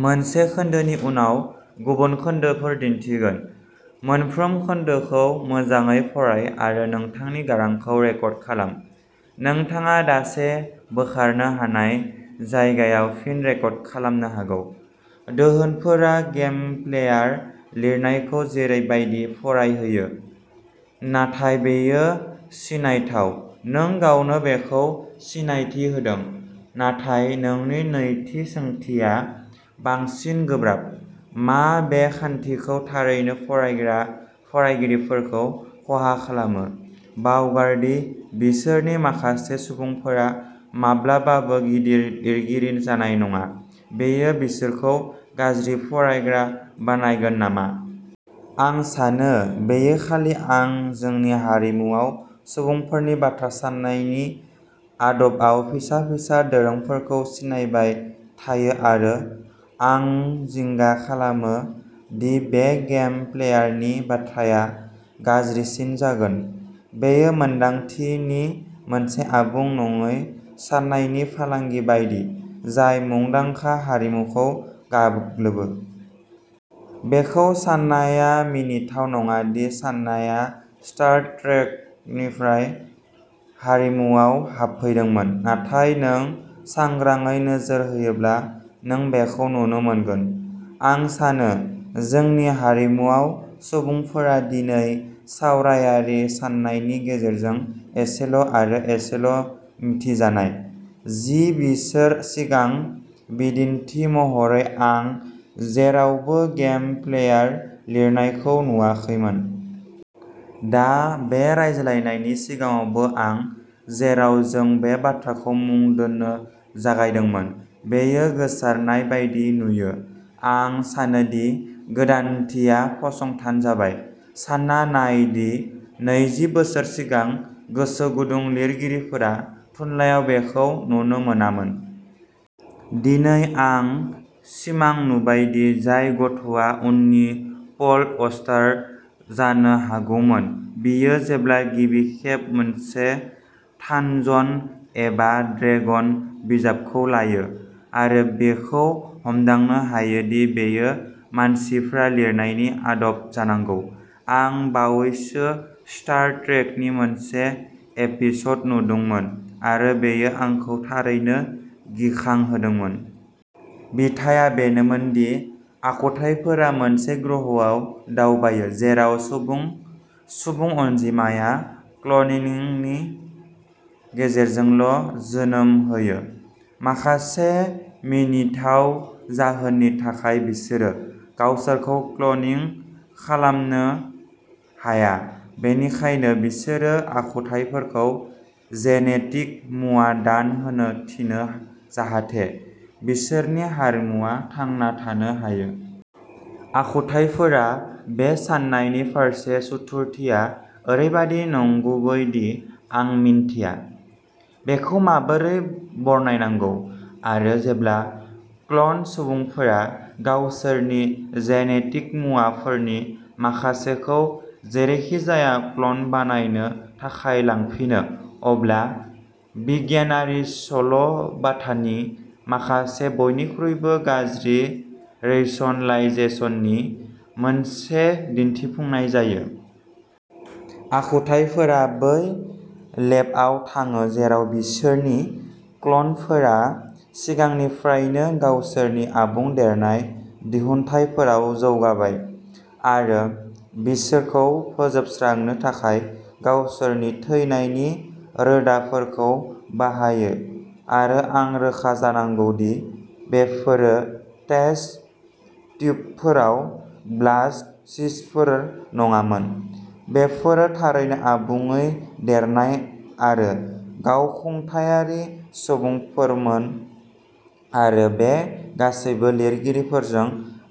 दोहोनफोरा game player लिरनायखौ जेरै बायदि फरायहोयो। नाथाय बेयो सिनायथाव। नों गावनो बेखौ सिनायथि होदों। नाथाय नोंनि नैथि सोंथिया बांसिन गोब्राब। मा बे खान्थिया थारैनो फरायग्रा फरायगिरिफोरखौ खहा खालामो। बावगार दि बिसोरनि माखासे सुबुंफोरा माब्लाबाबो गिदिर लिरगिरि जानाय नङा, बेयो बिसोरखौ गाज्रि फरायग्रा बानायगोन नामा? आं सानो। बेयो खालि आं जोंनि हारिमुआव सुबुंफोरनि बाथ्रा साननायनि आदबआव फिसा-फिसा दोरोंफोरखौ सिनायबाय थायो आरो आं जिंगा खालामो दि बे गेम प्लेयारनि बाथ्राया गाज्रिसिन जागोन। बेयो मोनदांथि नि मोनसे आबुं नङै साननायनि फालांगि बायदि, जाय मुंदांखा हारिमुखौ गाग्लोबो। बेखौ सान्नाया मिनिथाव नङा दि साननाया स्टार ट्रेकनिफ्राय हारिमुआव हाबफैदोंमोन, नाथाय नों सांग्राङै नोजोर होयोब्ला, नों बेखौ नुनो मोनगोन। आं सानो जोंनि हारिमुआव सुबुंफोरा दिनै सावरायारि साननायनि गेजेरजों एसेल' आरो एसेल' मिथिजानाय। जि बोसोर सिगां, बिदिन्थि महरै, आं जेरावबो गेम प्लेयार लिरनायखौ नुवाखैमोन। दा, बे रायज्लायनायनि सिगाङावबो आं। जेराव जों बे बाथ्राखौ मुं दोन्नो जागायदोंमोन, बेयो गोसारनाय बायदि नुयो। आं सानो दि गोदानथिया फसंथान जाबाय। सान्ना नाय दि नैजि बोसोर सिगां, गोसो गुदुं लिरगिरिफोरा थुनलाइयाव बेखौ नुनो मोनामोन। दिनै, आं सिमां नुबाय दि जाय गथ'आ उननि पल अस्टार जानो हागौमोन, बियो जेब्ला गिबि खेब मोनसे थानजन एबा ड्रेगन बिजाबखौ लायो आरो बेखौ हमदांनो हायो दि बेयो मानसिफ्रा लिरनायनि आदब जानांगौ। आं बावैसो स्टार ट्रेकनि मोनसे एपिसड नुदोंमोन आरो बेयो आंखौ थारैनो गिखांहोदोंमोन। बिथाया बेनोमोन दि आखुथाइफोरा मोनसे ग्रहआव दावबायो जेराव सुबुं, सुबुं अनजिमाया क्लनिंनि गेजेरजोंल' जोनोम होयो। माखासे मिनिथाव जाहोननि थाखाय बिसोरो गावसोरखौ क्लनिं खालामनो हाया, बेनिखायनो बिसोरो आखुथाइफोरखौ जेनेटिक मुवा दान होनो थिनो जाहाथे बिसोरनि हारिमुआ थांना थानो हायो। आखुथाइफोरा बे साननायनि फारसे सुथुरथिया ओरैबादि नंगुबै दि आं मिन्थिया। बेखौ माबोरै बरनायनांगौ। आरो जेब्ला क्ल'न सुबुंफोरा गावसोरनि जेनेटिक मुवाफोरनि माखासेखौ जेरैखिजाया क्ल'न बानायनो थाखाय लांफिनो, अब्ला बिगियानारि सल' बाथानि माखासे बयनिख्रुइबो गाज्रि रैशनलाइजेसननि मोनसे दिन्थिफुंनाय जायो। आखुथाइफोरा बै लेबआव थाङो जेराव बिसोरनि क्ल'नफोरा सिगांनिफ्रायनो गावसोरनि आबुं देरनाय दिहुनथाइफोराव जौगाबाय, आरो बिसोरखौ फोजोबस्रांनो थाखाय गावसोरनि थैनायनि रोदाफोरखौ बाहायो आरो आं रोखा जानांगौ दि बेफोरो टेस्ट ट्युबफोराव ब्लास्ट'सिस्टफोर नङामोन। बेफोरो थारैनो आबुङै देरनाय आरो गावखुंथायारि सुबुंफोरमोन आरो बे गासैबो लिरगिरिफोरजों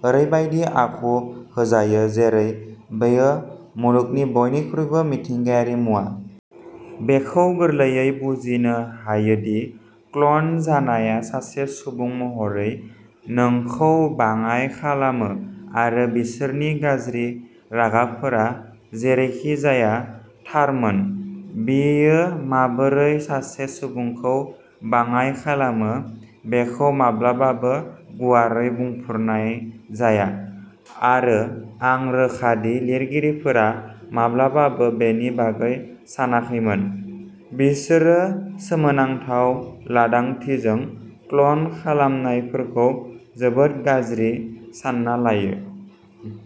ओरैबायदि आखु होजायो जेरै बेयो मुलुगनि बयनिख्रुइबो मिथिंगायारि मुवा। बेखौ गोरलैयै बुजिनो हायो दि क्ल'न जानाया सासे सुबुं महरै नोंखौ बाङाइ खालामो आरो बिसोरनि गाज्रि रागाफोरा जेरैखिजाया थारमोन। बेयो माबोरै सासे सुबुंखौ बाङाइ खालामो बेखौ माब्लाबाबो गुवारै बुंफोरनाय जाया आरो आं रोखा दि लिरगिरिफोरा माब्लाबाबो बेनि बागै सानाखैमोन। बिसोरो सोमोनांथाव लांदांथिजों, क्ल'न खालामनायफोरखौ जोबोद गाज्रि सान्ना लायो।